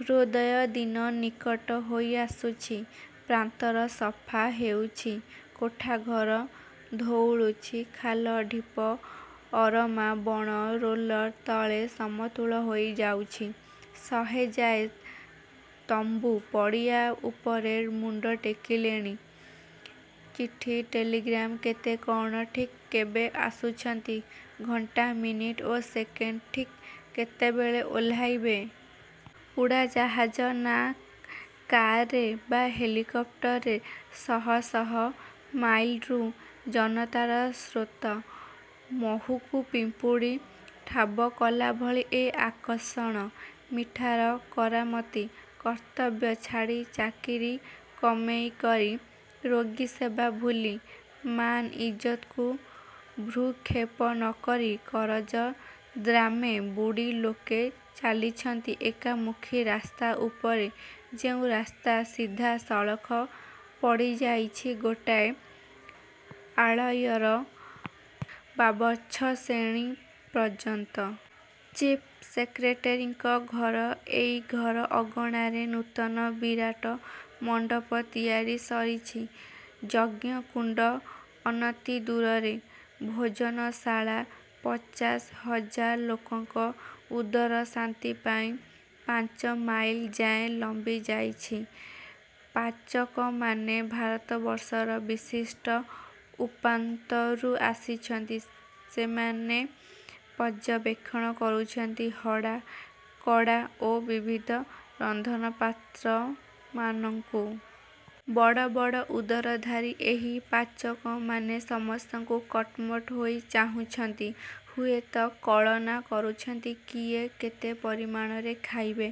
ହୃଦୟ ଦିନ ନିକଟ ହୋଇଆସୁଛି। ପ୍ରାନ୍ତର ସଫା ହେଉଛି। କୋଠାଘର ଧଉଳୁଛି। ଖାଲ, ଢିପ, ଅରମା ବଣ ରୋଲର୍ ତଳେ ସମତୁଲ ହୋଇ ଯାଉଛି। ଶହେଯାଏ ତମ୍ବୁ ପଡ଼ିଆ ଉପରେ ମୁଣ୍ଡ ଟେକିଲେଣି। ଚିଠି, ଟେଲିଗ୍ରାମ୍ କେତେ କଅଣ? ଠିକ୍ କେବେ ଆସୁଛନ୍ତି? ଘଣ୍ଟା, ମିନିଟ୍ ଓ ସେକେଣ୍ଡ ଠିକ୍ କେତେବେଳେ ଓଲ୍ହାଇବେ? ଉଡ଼ାଜାହାଜ ନା କାର୍ରେ ବା ହେଲିକ୍ପଟରରେ? ଶହ ଶହ ମାଇଲରୁ ଜନତାର ସ୍ରୋତ। ମହୁକୁ ପିମ୍ପୁଡ଼ି ଠାବକଲାଭଳି ଏ ଆକର୍ଷଣ। ମିଠାର କରାମତି। କର୍ତ୍ତବ୍ୟ ଛାଡ଼ି ଚାକିରି କମେଇ କରି, ରୋଗୀସେବା ଭୁଲି, ମାନ-ଇଜ୍ଜତ୍କୁ ଭ୍ରୂକ୍ଷେପ ନ କରି, କରଜ-ଦାମ୍ରେ ବୁଡ଼ି ଲୋକେ ଚାଲିଛନ୍ତି ଏକମୁଖୀ ରାସ୍ତା ଉପରେ, ଯେଉଁ ରାସ୍ତା ସିଧା, ସଳଖ ପଡ଼ିଯାଇଛି ଗୋଟାଏ ଆଳୟର ପାବଚ୍ଛଶ୍ରେଣୀ ପର୍ଯ୍ୟନ୍ତ। ଚିଫ୍ ସେକ୍ରେଟେରୀଙ୍କ ଘର। ଏଇ ଘର ଅଗଣାରେ ନୂତନ ବିରାଟ ମଣ୍ଡପ ତିଆରି ସରିଛି। ଯଜ୍ଞକୁଣ୍ଡ ଅନତିଦୂରରେ। ଭୋଜନଶାଳା ପଚାଶ ହଜାର ଲୋକଙ୍କ ଉଦର ଶାନ୍ତିପାଇଁ ପାଞ୍ଚମାଇଲ୍ ଯାଏ ଲମ୍ବିଯାଇଛି। ପାଚକମାନେ ଭାରତବର୍ଷର ବିଶିଷ୍ଟ ଉପାନ୍ତରୁ ଆସିଛନ୍ତି। ସେମାନେ ପର୍ଯ୍ୟବେକ୍ଷଣ କରୁଛନ୍ତି ହଡ଼ା, କଡ଼ା ଓ ବିବିଧ ରନ୍ଧନପାତ୍ରମାନଙ୍କୁ। ବଡ଼ ବଡ଼ ଉଦରଧାରୀ ଏହି ପାଚକମାନେ ସମସ୍ତଙ୍କୁ କଟ୍ମଟ୍ ହୋଇ ଚାହୁଁଛନ୍ତି, ହୁଏତ କଳନା କରୁଛନ୍ତି କିଏ କେତେ ପରିମାଣରେ ଖାଇବେ।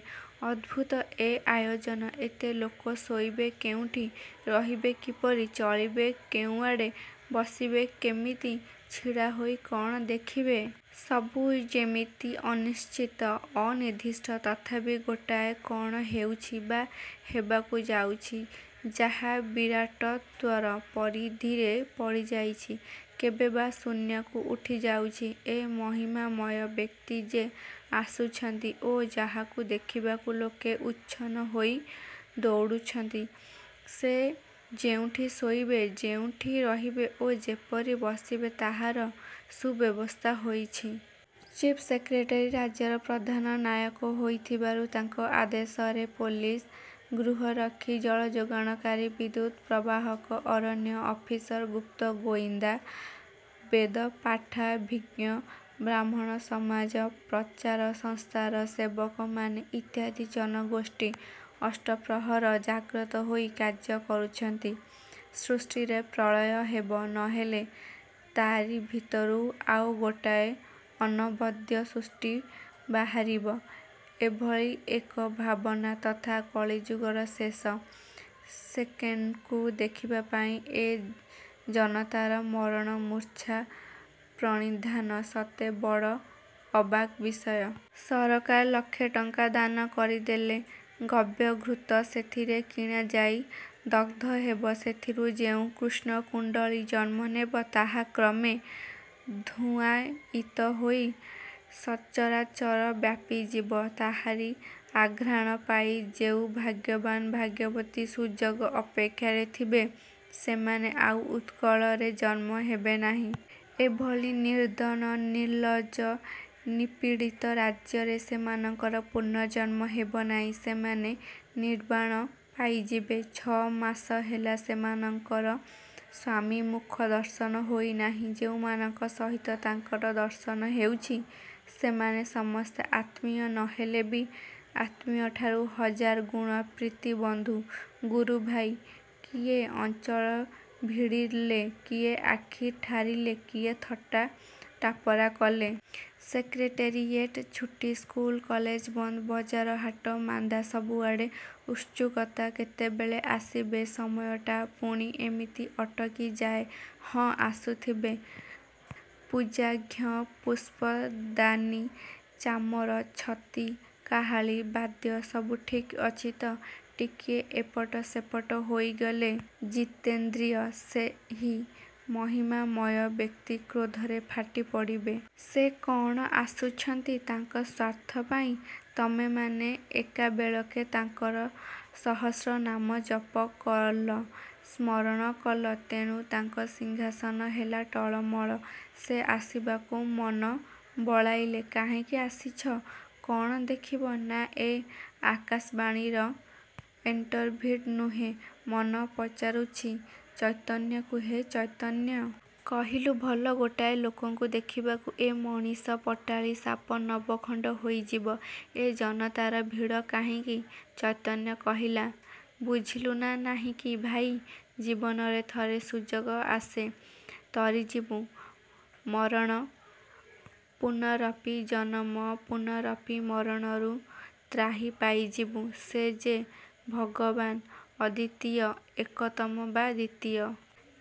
ଅଦ୍ଭୁତ ଏ ଆୟୋଜନ। ଏତେ ଲୋକ ଶୋଇବେ କେଉଁଠି, ରହିବେ କିପରି, ଚଳିବେ କେଉଁଆଡ଼େ, ବସିବେ କିମିତି, ଛିଡ଼ା ହୋଇ କଅଣ ଦେଖିବେ। ସବୁ ଯେମିତି ଅନିଶ୍ଚିତ, ଅନିର୍ଦ୍ଦିଷ୍ଟ। ତଥାପି ଗୋଟାଏ କଅଣ ହେଉଛି ବା ହେବାକୁ ଯାଉଛି, ଯାହା। ବିରାଟତ୍ଵର ପରିଧିରେ ପଡ଼ିଯାଇଛି, କେବେ ବା ଶୂନ୍ୟକୁ ଉଠିଯାଉଛି। ଏ ମହିମାମୟ ବ୍ୟକ୍ତି ଯେ ଆସୁଛନ୍ତି ଓ ଯାହାକୁ ଦେଖିବାକୁ ଲୋକେ ଉଚ୍ଛନ୍ନ ହୋଇ ଦଉଡ଼ୁଛନ୍ତି, ସେ ଯେଉଁଠି ଶୋଇବେ, ଯେଉଁଠି ରହିବେ ଓ ଯେପରି ବସିବେ ତାହାର ସୁବ୍ୟବସ୍ଥା ହୋଇଛି। ଚିଫ୍ ସେକ୍ରେଟେରୀ ରାଜ୍ୟର ପ୍ରଧାନ ନାୟକ ହୋଇଥିବାରୁ ତାଙ୍କ ଆଦେଶରେ ପୋଲିସ, ଗୃହରକ୍ଷୀ, ଜଳଯୋଗାଣକାରୀ, ବିଦ୍ୟୁତ୍ ପ୍ରବାହକ, ଅରଣ୍ୟ ଅଫିସର, ଗୁପ୍ତ ଗୋଇନ୍ଦା, ବେଦପାଠାଭିଜ୍ଞ ବ୍ରାହ୍ମଣସମାଜ, ପ୍ରଚାର ସଂସ୍ଥାର ସେବକମାନେ ଇତ୍ୟାଦି ଜନଗୋଷ୍ଠୀ ଅଷ୍ଟପ୍ରହର ଜାଗ୍ରତ ହୋଇ କାର୍ଯ୍ୟ କରୁଛନ୍ତି। ସୃଷ୍ଟିରେ ପ୍ରଳୟ ହେବ, ନ ହେଲେ ତା'ରିଭିତରୁ ଆଉ ଗୋଟାଏ ଅନବଦ୍ୟ ସୃଷ୍ଟି ବାହାରିବ, ଏଭଳି ଏକ ଭାବନା ତଥା କଳିଯୁଗର ଶେଷ ସେକେଣ୍ଡକୁ ଦେଖିବାପାଇଁ ଏ ଜନତାର ମରଣମୂର୍ଚ୍ଛା ପ୍ରଣିଧାନ ସତେ ବଡ଼ ଅବାକ୍ ବିଷୟ। ସରକାର ଲକ୍ଷେ ଟଙ୍କା ଦାନ କରିଦେଲେ। ଗବ୍ୟଘୃତ ସେଥିରେ କିଣାଯାଇ ଦଗ୍ଧ ହେବ। ସେଥିରୁ ଯେଉଁ କୃଷ୍ଣକୁଣ୍ଡଳୀ ଜନ୍ମନେବ, ତାହା କ୍ରମେ ଧୂମାୟିତ ହୋଇ ସଚରାଚର ବ୍ୟାପିଯିବ। ତାହାରି ଆଘ୍ରାଣ ପାଇ ଯେଉଁ ଭାଗ୍ୟବାନ ଭାଗ୍ୟବତୀ ସୁଯୋଗ ଅପେକ୍ଷାରେ ଥିବେ, ସେମାନେ ଆଉ ଉତ୍କଳରେ ଜନ୍ମ ହେବେନାହିଁ। ଏଭଳି ନିର୍ଦ୍ଧନ, ନିର୍ଲ୍ଲଜ୍ଜ, ନିପୀଡ଼ିତ ରାଜ୍ୟରେ ସେମାନଙ୍କର ପୁନର୍ଜନ୍ମ ହେବନାହିଁ। ସେମାନେ ନିର୍ବାଣ ପାଇଯିବେ। ଛଅମାସ ହେଲା ସେମାନଙ୍କର ସ୍ଵାମୀମୁଖ ଦର୍ଶନ ହୋଇନାହିଁ। ଯେଉଁମାନଙ୍କ ସହିତ ତାଙ୍କର ଦର୍ଶନ ହେଉଛି, ସେମାନେ ସମସ୍ତେ ଆତ୍ମୀୟ ନହେଲେ ବି ଆତ୍ମୀୟଠାରୁ ହଜାର ଗୁଣ ପ୍ରୀତିବନ୍ଧୁ, ଗୁରୁଭାଇ। କିଏ ଅଞ୍ଚଳ ଭିଡ଼ିଲେ, କିଏ ଆଖି ଠାରିଲେ, କିଏ ଥଟ୍ଟା ଟାପରା କଲେ। ସେକ୍ରେଟେରୀଏଟ୍ ଛୁଟି, ସ୍କୁଲ କଲେଜ ବନ୍ଦ, ବଜାର ହାଟ ମାନ୍ଦା, ସବୁଆଡ଼େ ଉତ୍ସୁକତା, କେତେବେଳେ ଆସିବେ, ସମୟଟା ପୁଣି ଏମିତି ଅଟକିଯାଏ। ହଁ ଆସୁଥିବେ। ପୂଜାର୍ଘ୍ୟ, ପୁଷ୍ପଦାନି, ଚାମର, ଛତି, କାହାଳୀ, ବାଦ୍ୟ, ସବୁ ଠିକ୍ ଅଛି ତ? ଟିକିଏ ଏପଟ୍ ସେପଟ୍ ହୋଇଗଲେ ଜିତେନ୍ଦ୍ରିୟ ସେହି ମହିମାମୟ ବ୍ୟକ୍ତି କ୍ରୋଧରେ ଫାଟିପଡ଼ିବେ। ସେ କଅଣ ଆସୁଛନ୍ତି ତାଙ୍କ ସ୍ଵାର୍ଥ ପାଇଁ? ତମେମାନେ ଏକାବେଳକେ ତାଙ୍କର ସହସ୍ରନାମ ଜପ କଲ, ସ୍ମରଣ କଲ; ତେଣୁ ତାଙ୍କ ସିଂହାସନ ହେଲା ଟଳମଳ। ସେ ଆସିବାକୁ ମନ ବଳାଇଲେ। କାହିଁକି ଆସିଛ? କଅଣ ଦେଖିବ? ନାଁ, ଏ ଆକାଶବାଣୀର ଇଣ୍ଟରଭିଉ ନୁହେଁ-ମନ ପଚାରୁଛି ଚୈତନ୍ୟକୁ–ହେ ଚୈତନ୍ୟ! କହିଲୁ ଭଲ, ଗୋଟାଏ ଲୋକକୁ ଦେଖିବାକୁ ଏ ମଣିଷପଟାଳି, ସାପ ନବଖଣ୍ଡ ହୋଇଯିବ, ଏ ଜନତାର ଭିଡ଼ କାହିଁକି? ଚୈତନ୍ୟ କହିଲା–ବୁଝିଲୁନା ନାହିଁକି ଭାଇ, ଜୀବନରେ ଥରେ ସୁଯୋଗ ଆସେ। ତରିଯିବୁ, ମରଣ, ପୁନରପି ଜନମ ପୁନରପି ମରଣରୁ–ତ୍ରାହି ପାଇଯିବୁ। ସେ ଯେ ଭଗବାନ… ଅଦ୍ୱିତୀୟ ଏକତମ ବା ଦ୍ୱିତୀୟ।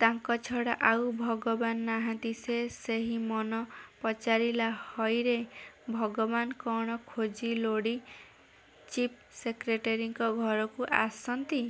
ତାଙ୍କ ଛଡ଼ା ଆଉ ଭଗବାନ ନାହାନ୍ତି। ସେ ସେହି। ମନ ପଚାରିଲା–ହଇରେ, ଭଗବାନ କଅଣ ଖୋଜି ଲୋଡ଼ି ଚିଫ୍ ସେକ୍ରେଟେରୀଙ୍କ ଘରକୁ ଆସନ୍ତି?